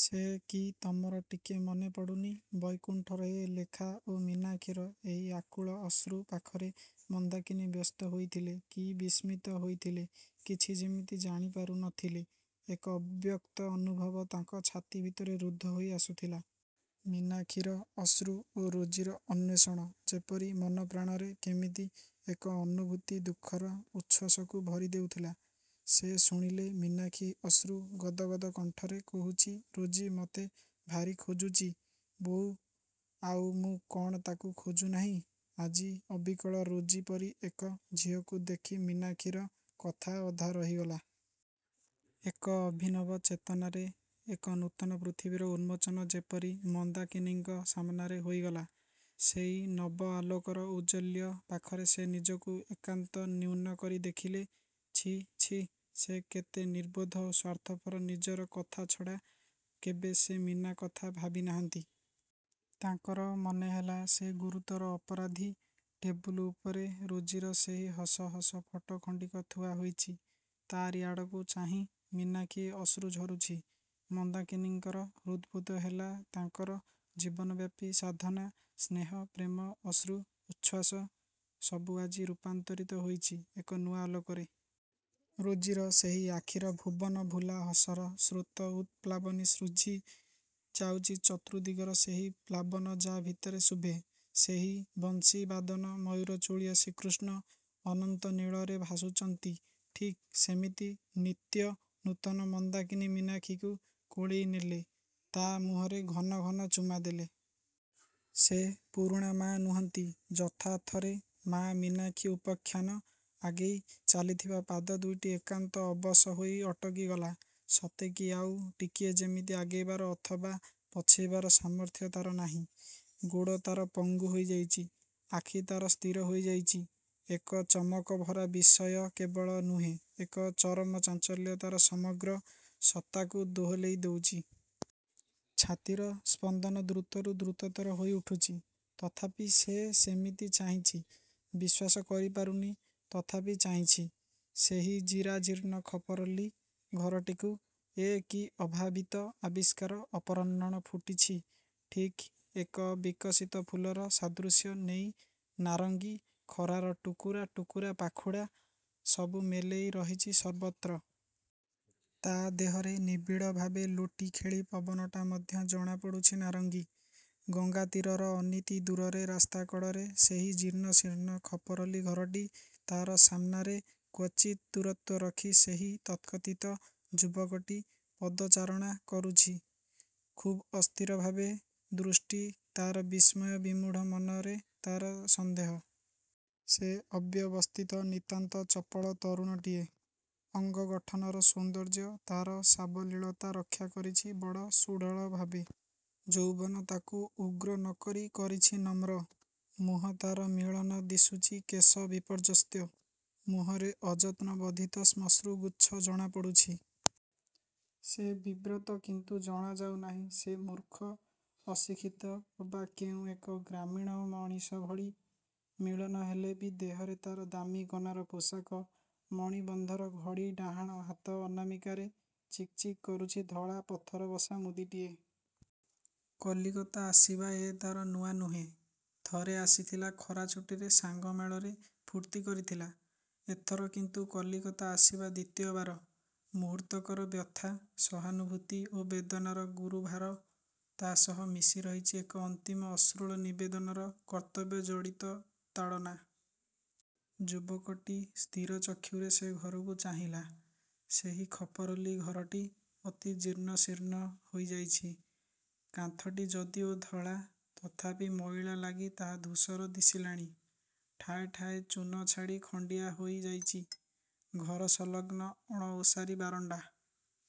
ସେ କି ତମର ଟିକେ ମନେ ପଡ଼ୁନି? ବୈକୁଣ୍ଠର ଏ ଲେଖା ଓ ମୀନାକ୍ଷୀର ଏହି ଆକୁଳ ଅଶ୍ରୁ ପାଖରେ ମନ୍ଦାକିନୀ ବ୍ୟସ୍ତ ହୋଇଥିଲେ କି ବିସ୍ମିତ ହୋଇଥିଲେ କିଛି ଯେମିତି ଜାଣି ପାରୁ ନ ଥିଲେ। ଏକ ଅବ୍ୟକ୍ତ ଅନୁଭବ ତାଙ୍କ ଛାତି ଭିତରେ ରୁଦ୍ଧ ହେଇ ଆସୁଥିଲା। ମୀନାକ୍ଷୀର ଅଶ୍ରୁ ଓ ରୋଜିର ଅନ୍ୱେଷଣ ଯେପରି ମନପ୍ରାଣରେ କେମିତି ଏକ ଅନୁଭୂତି ଦୁଃଖର ଉଚ୍ଛ୍ୱାସକୁ ଭରି ଦେଉଥିଲା। ସେ ଶୁଣିଲେ, ମୀନାକ୍ଷୀ ଅଶ୍ରୁ ଗଦଗଦ କଣ୍ଠରେ କହୁଚି ରୋଜି ମତେ ଭାରୀ ଖୋଜୁଚି ବୋଉ। ଆଉ ମୁଁ କଣ ତାକୁ ଖୋଜୁନାହିଁ? ଆଜି ଅବିକଳ ରୋଜି ପରି ଏକ ଝିଅକୁ ଦେଖି ମୀନାକ୍ଷୀର କଥା ଅଧା ରହିଗଲା । ଏକ ଅଭିନବ ଚେତନାରେ ଏକ ନୂତନ ପୃଥିବୀର ଉନ୍ମୋଚନ ଯେପରି ମନ୍ଦାକିନୀଙ୍କ ସାମନାରେ ହୋଇଗଲା। ସେଇ ନବ ଆଲୋକର ଔଜ୍ଜ୍ୱଲ୍ୟ ପାଖରେ ସେ ନିଜକୁ ଏକାନ୍ତ ନ୍ୟୁନ କରି ଦେଖିଲେ, ଛିଃ ଛିଃ ସେ କେତେ ନିର୍ବୋଧ ଓ ସ୍ୱାର୍ଥପର। ନିଜର କଥା ଛଡ଼ା କେବେ ସେ ମୀନା କଥା ଭାବି ନାହାନ୍ତି। ତାଙ୍କର ମନେ ହେଲା ସେ ଗୁରୁତର ଅପରାଧୀ। ଟେବୁଲ ଉପରେ ରୋଜିର ସେହି ହସ ହସ ଫଟୋ ଖଣ୍ଡିକ ଥୁଆ ହୋଇଚି। ତାରି ଆଡ଼କୁ ଚାହିଁ ମୀନାକ୍ଷୀ ଅଶ୍ରୁ ଝରୁଛି। ମନ୍ଦାକିନୀଙ୍କର ହୃଦବୋଧ ହେଲା ତାଙ୍କର ଜୀବନବ୍ୟାପୀ ସାଧନା, ସ୍ନେହ, ପ୍ରେମ, ଅଶ୍ରୁ ଉଚ୍ଛ୍ୱାସ ସବୁ ଆଜି ରୂପାନ୍ତରିତ ହୋଇଚି ଏକ ନୂଆ ଆଲୋକରେ। ରୋଜିର ସେହି ଆଖିରେ ଭୁବନଭୁଲା ହସର ସ୍ରୋତ ଉତପ୍ଲାବିନୀ। ସୃଜି ଯାଉଚି ଚତୁର୍ଦ୍ଦିଗରେ ସେହି ପ୍ଲାବନ, ଯା ଭିତରେ ଶୁଭେ ସେହି ବଂଶୀବାଦନ, ମୟୂରଚୂଳିଆ ଶ୍ରୀକୃଷ୍ଣ ଅନନ୍ତ ନୀଳରେ ଭାସୁଚନ୍ତି ଠିକ୍ ସେମିତି, ନିତ୍ୟ ନୂତନ। ମନ୍ଦାକିନୀ ମୀନାକ୍ଷୀକୁ କୋଳେଇ ନେଲେ। ତା ମୁହଁରେ ଘନ ଘନ ଚୁମା ଦେଲେ। ସେ ପୁରୁଣା ମା ନୁହଁନ୍ତି ଯଥାର୍ଥରେ ମାଆ ମୀନାକ୍ଷୀ। ଉପାଖ୍ୟାନ ଆଗେଇ ଚାଲିଥିବା ପାଦ ଦୁଇଟି ଏକାନ୍ତ ଅବଶ ହୋଇ ଅଟକିଗଲା ସତେ କି ଆଉ ଟିକିଏ ଯେମିତି ଆଗେଇବାର ଅଥବା ପଛେଇବାରେ ସାମର୍ଥ୍ୟ ତାର ନାହିଁ। ଗୋଡ଼ ତାର ପଙ୍ଗୁ ହୋଇଯାଇଚି, ଆଖି ତାର ସ୍ଥିର ହୋଇଯାଇଚି, ଏକ ଚମକଭରା ବିସୟ କେବଳ ନୁହେଁ, ଏକ ଚରମ ଚାଞ୍ଚଲ୍ୟ ତାର ସମଗ୍ର ସତ୍ତାକୁ ଦୋହଲାଇ ଦଉଚି। ଛାତିର ସ୍ପନ୍ଦନ ଦ୍ରୁତରୁ ଦ୍ରୁତତର ହୋଇଉଠୁଚି। ତଥାପି ସେ ସେମିତି ଚାହିଁଚି। ବିଶ୍ୱାସ କରିପାରୁନି, ତଥାପି ଚାହିଁଛି ସେହି ଜରାଜୀର୍ଣ୍ଣ ଖପରଲି ଘରଟିକୁ। ଏ କି ଅଭାବିତ ଆବିଷ୍କାର, ଅପରାହ୍ନଣ ଫୁଟିଛି। ଠିକ୍ ଏକ ବିକଶିତ ଫୁଲର ସାଦୃଶ୍ୟ ନେଇ ନାରଙ୍ଗୀ ଖରାର ଟୁକୁରା ଟୁକୁରା ପାଖୁଡ଼ା ସବୁ ମେଲେଇ ରହିଚି ସର୍ବତ୍ର । ତା ଦେହର ନିବିଡ଼ ଭାବେ ଲୋଟି ଖେଳି ପବନଟା ମଧ୍ୟ ଜଣାପଡ଼ୁଛି ନାରଙ୍ଗୀ । ଗଙ୍ଗାତୀରର ଅନତିଦୂରରେ, ରାସ୍ତା କଡ଼ରେ ସେହି ଜୀର୍ଣ୍ଣଶୀର୍ଣ୍ଣ ଖପରଲି ଘରଟି। ତାର ସାମ୍ନାରେ କ୍ଵଚିତ୍ ଦୂରତ୍ୱ ରଖି ସେହି ତଥାକଥିତ ଯୁବକଟି ପଦଚାରଣା କରୁଚି ଖୁବ୍ ଅସ୍ଥିର ଭାବେ। ଦୃଷ୍ଟି ତାର ବିସ୍ମୟ ବିମୂଢ଼, ମନରେ ତାର ସନ୍ଦେହ। ସେ ଅବ୍ୟବସ୍ଥିତ ନିତାନ୍ତ ଚପଳ ତରୁଣଟିଏ। ଅଙ୍ଗ ଗଠନର ସୌନ୍ଦର୍ଯ୍ୟ ତାର ସାବଲୀଳତା ରକ୍ଷା କରିଚି ବଡ଼ ସୁଢ଼ଳଭାବେ । ଯୌବନ ତାକୁ ଉଗ୍ର ନ କରି କରିଛି ନମ୍ର । ମୁହଁ ତାର ମଳିନ ଦିଶୁଚି, କେଶ ବିପର୍ଯ୍ୟସ୍ତ। ମୁହଁରେ ଅଯତ୍ନବର୍ଦ୍ଧିତ ଶ୍ମଶ୍ରୁଗୁଚ୍ଛ। ଜଣାପଡ଼ୁଛି । ସେ ବିବ୍ରତ, କିନ୍ତୁ ଜଣାଯାଉ ନାହିଁ ସେ ମୂର୍ଖ, ଅଶିକ୍ଷିତ ଅବା କେଉଁ ଏକ ଗ୍ରାମୀଣ ମଣିଷ ଭଳି। ମଳିନ ହେଲେ ବି ଦେହରେ ତାର ଦାମି କନାର ପୋଷାକ। ମଣିବନ୍ଧରେ ଘଡ଼ି, ଡାହାଣ ହାତ ଅନାମିକାରେ ଚିକ୍ ଚିକ୍ କରୁଛି ଧଳା ପଥରବସା ମୁଦିଟିଏ। କଲିକତା ଆସିବା ଏ ତାର ନୂଆ ନୁହେଁ। ଥରେ ଆସିଥିଲା ଖରାଛୁଟିରେ ,ସାଙ୍ଗମେଳରେ ଫୁର୍ତ୍ତି କରିଥିଲା। ଏଥର କିନ୍ତୁ କଲିକତା ଆସିବା ଦ୍ଵିତୀୟ ବାର। ମୁହୂର୍ତ୍ତକର ବ୍ୟଥା, ସହାନୁଭୂତି ଓ ବେଦନାର ଗୁରୁଭାର। ତା ସହ ମିଶି ରହିଚି ଏକ ଅନ୍ତିମ ଅଶ୍ରୁଳ ନିବେଦନର କର୍ତ୍ତବ୍ୟଜଡ଼ିତ ତାଡ଼ନା। ଯୁବକଟି ସ୍ଥିରଚକ୍ଷୁରେ ସେହି ଘରକୁ ଚାହିଁଲା। ସେହି ଖପରଲି ଘରଟି ଅତିଜୀର୍ଣ୍ଣ, ଶୀର୍ଣ୍ଣ ହୋଇଯାଇଛି। କାନ୍ଥଟି ଯଦିଓ ଧଳା, ତଥାପି ମଇଳା ଲାଗି ତାହା ଧୂସର ଦିଶିଲାଣି, ଠାଏ ଠାଏ ଚୂନ ଛାଡ଼ି ଖଣ୍ଡିଆ ହୋଇ ଯାଇଚି। ଘରସଂଲଗ୍ନ ଅଣଓସାରି ବାରଣ୍ଡା।